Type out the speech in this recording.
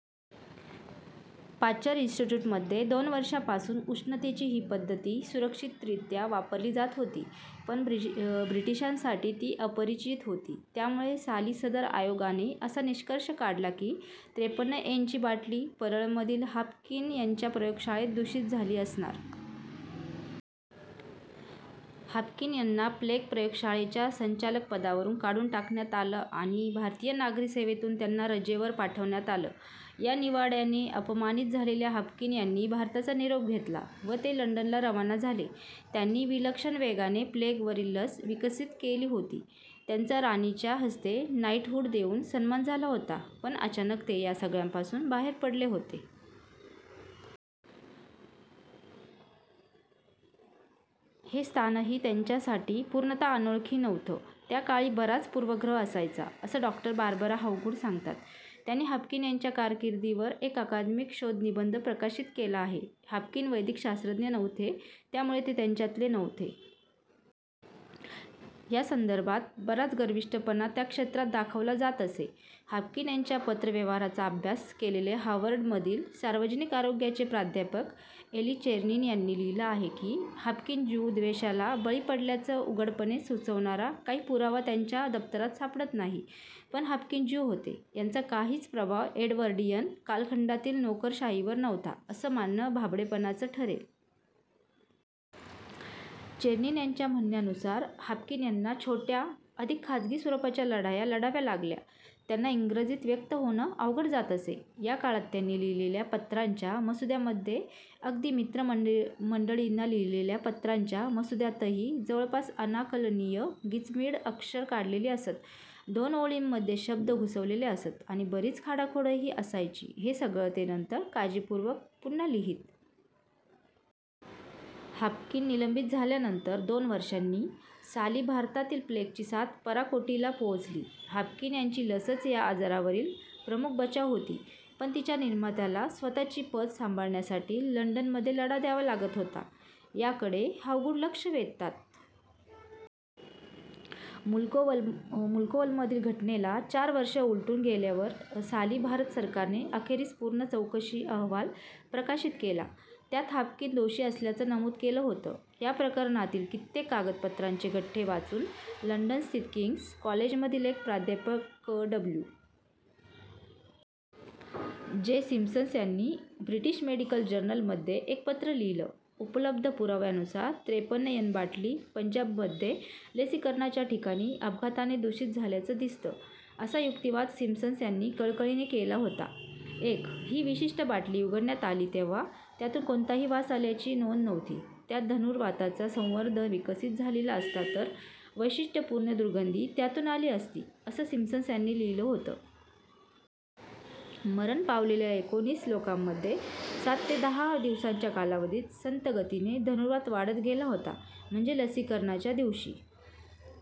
Pasteur इन्स्टिट्यूटमध्ये दोन वर्षांपासून उष्णतेची ही पद्धती सुरक्षितरित्या वापरली जात होती, पण ब्रिटी ब्रिटिशांसाठी ती अपरिचित होती, त्यामुळे साली सदर आयोगाने असा निष्कर्ष काढला की, त्रेपन्न एनची बाटली, परळमधील हाफकिन यांच्या प्रयोगशाळेत दूषित झाली असणार. हाफकिन यांना प्लेग प्रयोगशाळेच्या संचालकपदावरून काढून टाकण्यात आलं आणि भारतीय नागरी सेवेतून त्यांना रजेवर पाठवण्यात आलं. या निवाड्याने अपमानित झालेल्या हाफकिन यांनी भारताचा निरोप घेतला व ते लंडनला रवाना झाले. त्यांनी विलक्षण वेगाने प्लेगवरील लस विकसित केली होती, त्यांचा राणीच्या हस्ते नाइटहूड देऊन सन्मान झाला होता, पण अचानक ते या सगळ्यापासून बाहेर पडले होते. हे स्थानही त्यांच्यासाठी पूर्णतः अनोळखी नव्हतं. त्या काळी बराच पूर्वग्रह असायचा, असं डॉ. बार्बरा हॉवगूड सांगतात. त्यांनी हाफकिन यांच्या कारकीर्दीवर एक अकादमिक शोधनिबंध प्रकाशित केला आहे. हाफकिन वैदिकशास्त्रज्ञ नव्हते, त्यामुळे ते त्यांच्यातले नव्हते. या संदर्भात बराच गर्विष्ठपणा त्या क्षेत्रात दाखवला जात असे. हाफकिन यांच्या पत्रव्यवहाराचा अभ्यास केलेले हार्वर्डमधील सार्वजनिक आरोग्याचे प्राध्यापक एली चेर्निन यांनी लिहिलं आहे की, हाफकिन ज्यूद्वेषाला बळी पडल्याचं उघडपणे सुचवणारा काही पुरावा त्यांच्या दफ्तरात सापडत नाही, पण हाफकिन ज्यू होते, यांचा काहीच प्रभाव एडवर्डियन कालखंडातील नोकरशाहीवर नव्हता, असं मानणं भाबडेपणाचं ठरेल. चेर्निन यांच्या म्हणण्यानुसार, हाफकिन यांना छोट्या, अधिक खाजगी स्वरूपाच्या लढाया लढाव्या लागल्या. त्यांना इंग्रजीत व्यक्त होणं अवघड जात असे. या काळात त्यांनी लिहिलेल्या पत्रांच्या मसुद्यामध्ये अगदी मित्रमंडळी मंडळींना लिहिलेल्या पत्रांच्या मसुद्यांतही जवळपास अनाकलनीय गिचमिड अक्षरं काढलेली असत, दोन ओळींमध्ये शब्द घुसवलेले असत, आणि बरीच खाडाखोडही असायची, हे सगळं ते नंतर काळजीपूर्वक पुन्हा लिहीत. हाफकिन निलंबित झाल्यानंतर दोन वर्षांनी, साली भारतातील प्लेगची साथ पराकोटीला पोहोचली. हाफकिन यांची लसच या आजारावरील प्रमुख बचाव होती, पण तिच्या निर्मात्याला स्वतःची पत सांभाळण्यासाठी लंडनमध्ये लढा द्यावा लागत होता, याकडे हॉवगूड लक्ष वेधतात. मुल्कोवल मुल्कोवलमधील घटनेला चार वर्षं उलटून गेल्यावर, साली भारत सरकारने अखेरीस पूर्ण चौकशी अहवाल प्रकाशित केला, त्यात हाफकिन दोषी असल्याचं नमूद केलं होतं. या प्रकरणातील कित्येक कागदपत्रांचे गठ्ठे वाचून लंडनस्थित किंग्स कॉलेजमधील एक प्राध्यापक अ डब्ल्यू. जे. सिम्प्सन यांनी ब्रिटिश मेडिकल जर्नलमध्ये एक पत्र लिहिलं. उपलब्ध पुराव्यानुसार त्रेपन्न एन बाटली, पंजाबमध्ये लसीकरणाच्या ठिकाणी अपघाताने दूषित झाल्याचं दिसतं, असा युक्तिवाद सिम्प्सन यांनी कळकळीने केला होता. एक, ही विशिष्ट बाटली उघडण्यात आली तेव्हा, त्यातून कोणताही वास आल्याची नोंद नव्हती; त्यात धनुर्वाताचा संवर्ध विकसित झालेला असता तर, वैशिष्ट्यपूर्ण दुर्गंधी त्यातून आली असती, असं सिम्प्सन यांनी लिहिलं होतं. मरण पावलेल्या एकोणीस लोकांमध्ये सात ते दहा दिवसांच्या कालावधीत संथ गतीने धनुर्वात वाढत गेला होता, म्हणजे लसीकरणाच्या दिवशी.